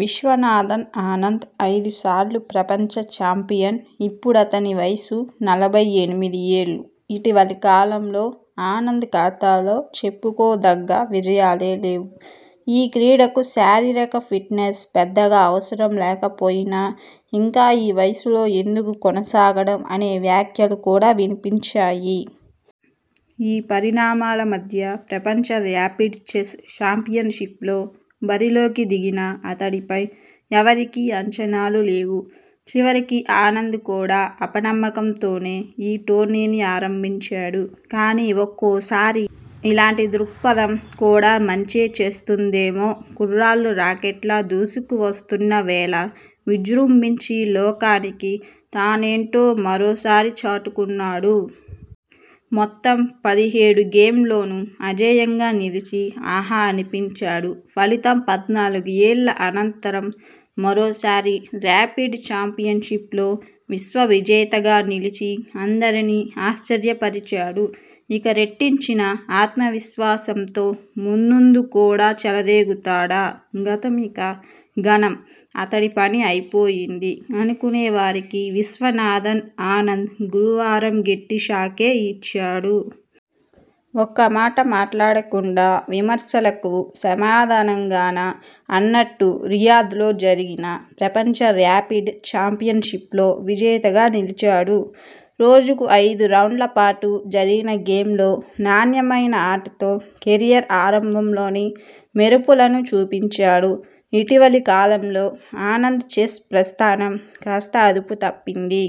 విశ్వనాథన్ ఆనంద్, ఐదుసార్లు ప్రపంచ చాంపియన్ ఇప్పుడతని వయస్సు నలభై ఎనిమిది ఏళ్లు, ఇటీవలి కాలంలో ఆనంద్ ఖాతాలో చెప్పుకో దగ్గ విజయాలే లేవు ఈ క్రీడకు శారీరక ఫిట్నెస్ పెద్దగా అవసరం లేకపోయినా ఇంకా ఈ వయస్సులో ఎందుకు కొనసాగడం. అనే వ్యాఖ్యలు కూడా వినిపించాయి. ఈ పరిణామాల మధ్య ప్రపంచ ర్యాపిడ్ చెస్ చాంపియన్షిప్లో బరిలోకి దిగిన అతడిపై ఎవరికీ అంచనాలు లేవు. చివరికి ఆనంద్ కూడా అప నమ్మకం తోనే ఈ టోర్నీని ఆరంభించాడు. కానీ ఒక్కోసారి ఇలాంటి దృక్పథం కూడా మంచే చేస్తుందేమో కుర్రాళ్లు రాకెట్లా దూసుకు వస్తున్న వేళ విజృంభించి లోకానికి తానేంటో మరోసారి చాటుకున్నాడు. మొత్తం పదిహేడు గేమ్ల్లోనూ అజేయంగా నిలిచి ఆహా అనిపించాడు. ఫలితం పద్నాలుగు ఏళ్ల అనంతరం మరోసారి ర్యాపిడ్ చాంపియన్షిప్లో విశ్వ విజేతగా నిలిచి అందరినీ ఆశ్చర్యపరిచాడు. ఇక రెట్టించిన ఆత్మ విశ్వాసంతో మున్ముందు కూడా చెలరేగుతాడా? గతం ఇక ఘనం అతడి పని అయిపోయింది. అనుకునే వారికి విశ్వనాథన్ ఆనంద్ గురువారం గట్టి షాకే ఇచ్చాడు. ఒక్క మాట మాట్లాడకుండా విమర్శకులకు సమాధా నంగానా అన్నట్టు రియాద్లో జరిగిన ప్రపంచ ర్యాపిడ్ చాంపియ న్షిప్లో విజేతగా నిలిచాడు. రోజుకు ఐదు రౌండ్ల పాటు జరిగిన గేమ్ల్లో నాణ్యమైన ఆటతో కెరీర్ ఆరంభంలోని మెరుపులను చూపించా డు. ఇటీవలి కాలంలో ఆనంద్ చెస్ ప్రస్థానం కాస్త అదుపు తప్పింది.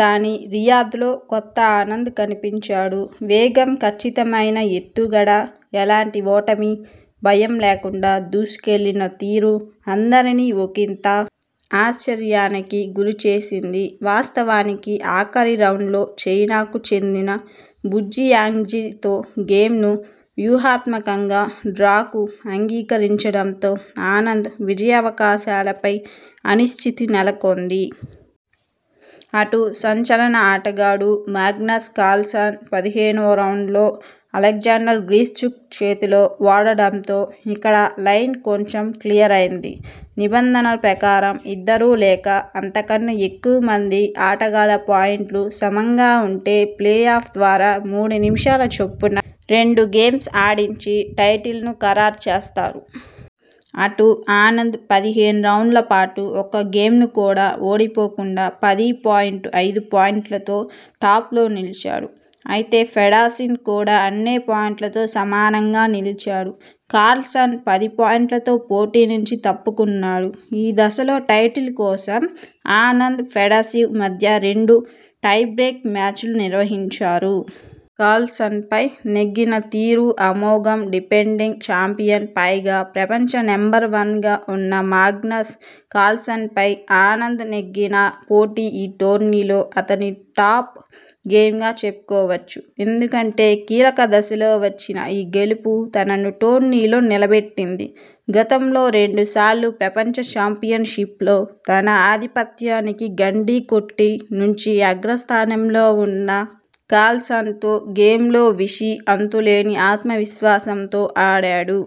కానీ రియాద్లో కొత్త ఆనంద్ కనిపించాడు. వేగం, కచ్చితమైన ఎత్తుగడ, ఎలాంటి ఓటమి భయం లేకుండా దూసుకెళ్లిన తీరు అందరినీ ఒకింత ఆశ్చర్యానికి గురి చేసింది. వాస్తవానికి ఆఖరి రౌండ్లో చైనాకు చెందిన బుజియాంగ్జితో గేమ్ను వ్యూహాత్మకంగా డ్రాకు అంగీకరించడంతో ఆనంద్ విజయావకాశాలపై అనిశ్చితి నెలకొంది. అటు సంచలన ఆటగాడు మాగ్నస్ కార్ల్సన్ పదిహేనువ రౌండ్లో అలెగ్జాండర్ గ్రిష్చుక్ చేతిలో ఓడడంతో ఇక్కడ లైన్ కొంచెం క్లియర్ అయ్యింది. నిబంధనల ప్రకారం ఇద్దరు లేక అంతకన్నా ఎక్కువ మంది ఆటగాళ్ల పాయుంట్లు సమంగా ఉంటే ప్లే ఆఫ్ ద్వారా మూడు నిమిషాల చొప్పున రెండు గేమ్స్ ఆడించి టైటిల్ను ఖరారు చేస్తారు. అటు ఆనంద్ పదిహేను రౌండ్ల పాటు ఒక్క గేమ్ను కూడా ఓడి పోకుండా పది పాయింట్ ఐదు పాయింట్లతో టాప్లో నిలిచాడు. అయితే ఫెడసీవ్ కూడా అన్నే పాయింట్లతో సమానంగా నిలిచాడు. కార్ల్సన్ పది పాయింట్లతో పోటీ నుంచి తప్పుకున్నాడు. ఈ దశలో టైటిల్ కోసం ఆనంద్, ఫెడసీవ్ మధ్య రెండు టైబ్రేక్ మ్యాచ్లు నిర్వహించారు. కార్ల్సన్పై నెగ్గిన తీరు అమోఘం డిఫెండింగ్ చాంపియన్, పైగా ప్రపంచ నంబర్వన్గా ఉన్న మాగ్నస్ కార్ల్సన్పై ఆనంద్ నెగ్గిన పోటీ ఈటోర్నీలో అతడి టాప్ గేమ్గా చెప్పుకో వచ్చు. ఎందుకంటే కీలక దశలో వచ్చిన ఈ గెలుపు తనను టోర్నీలో నిలబెట్టింది. గతంలో రెండు సార్లు ప్రపంచ చాంపియన్షిప్లో తన ఆధిపత్యానికి గండి కొట్టి నుంచి అగ్రస్థానంలో ఉన్న కార్ల్సన్తో గేమ్లో విషీ అంతులేని ఆత్మ విశ్వాసంతో ఆడాడు.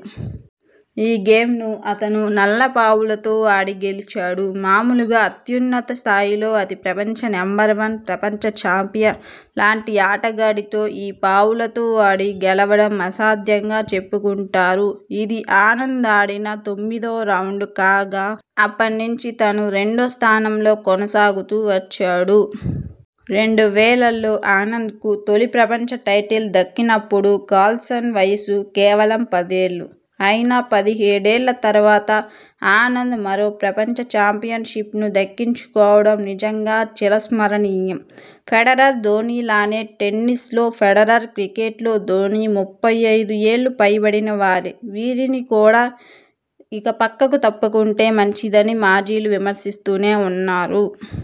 ఈ గేమ్ను అతను నల్ల పావులతో ఆడి గెలిచాడు. మామూలుగా అత్యున్నత స్థాయిలో అదీ ప్రపంచ నంబర్వన్, ప్రపంచ చాంపియన్ లాంటి ఆటగాడితో ఈ పావులతో ఆడి గెలవడం అసాధ్యంగా చెప్పుకుంటారు. ఇది ఆనంద్ ఆడిన తొమ్మిదో రౌండ్ కాగా అప్పటి నుంచి తను రెండో స్థానంలో కొనసాగుతూ వచ్చాడు. రెండు వేలలో ఆనంద్కు తొలి ప్రపంచ టైటిల్ దక్కినప్పుడు కార్ల్సన్ వయస్సు కేవలం పదేళ్లు. అయినా పదిహేడు ఏళ్ల తర్వాత ఆనంద్ మరో ప్రపంచ చాంపియన్షిప్ను దక్కించుకోవడం నిజంగా చిరస్మరణీయం. ఫెడరర్, ధోనీలానే టెన్నిస్లో ఫెడరర్, క్రికెట్లో ధోనీ ముప్పై ఐదు ఏళ్లు పైబడిన వారే, వీరిని కూడా ఇక పక్కకు తప్పుకుంటే మంచిదని మాజీలు విమర్శిస్తూనే ఉన్నారు.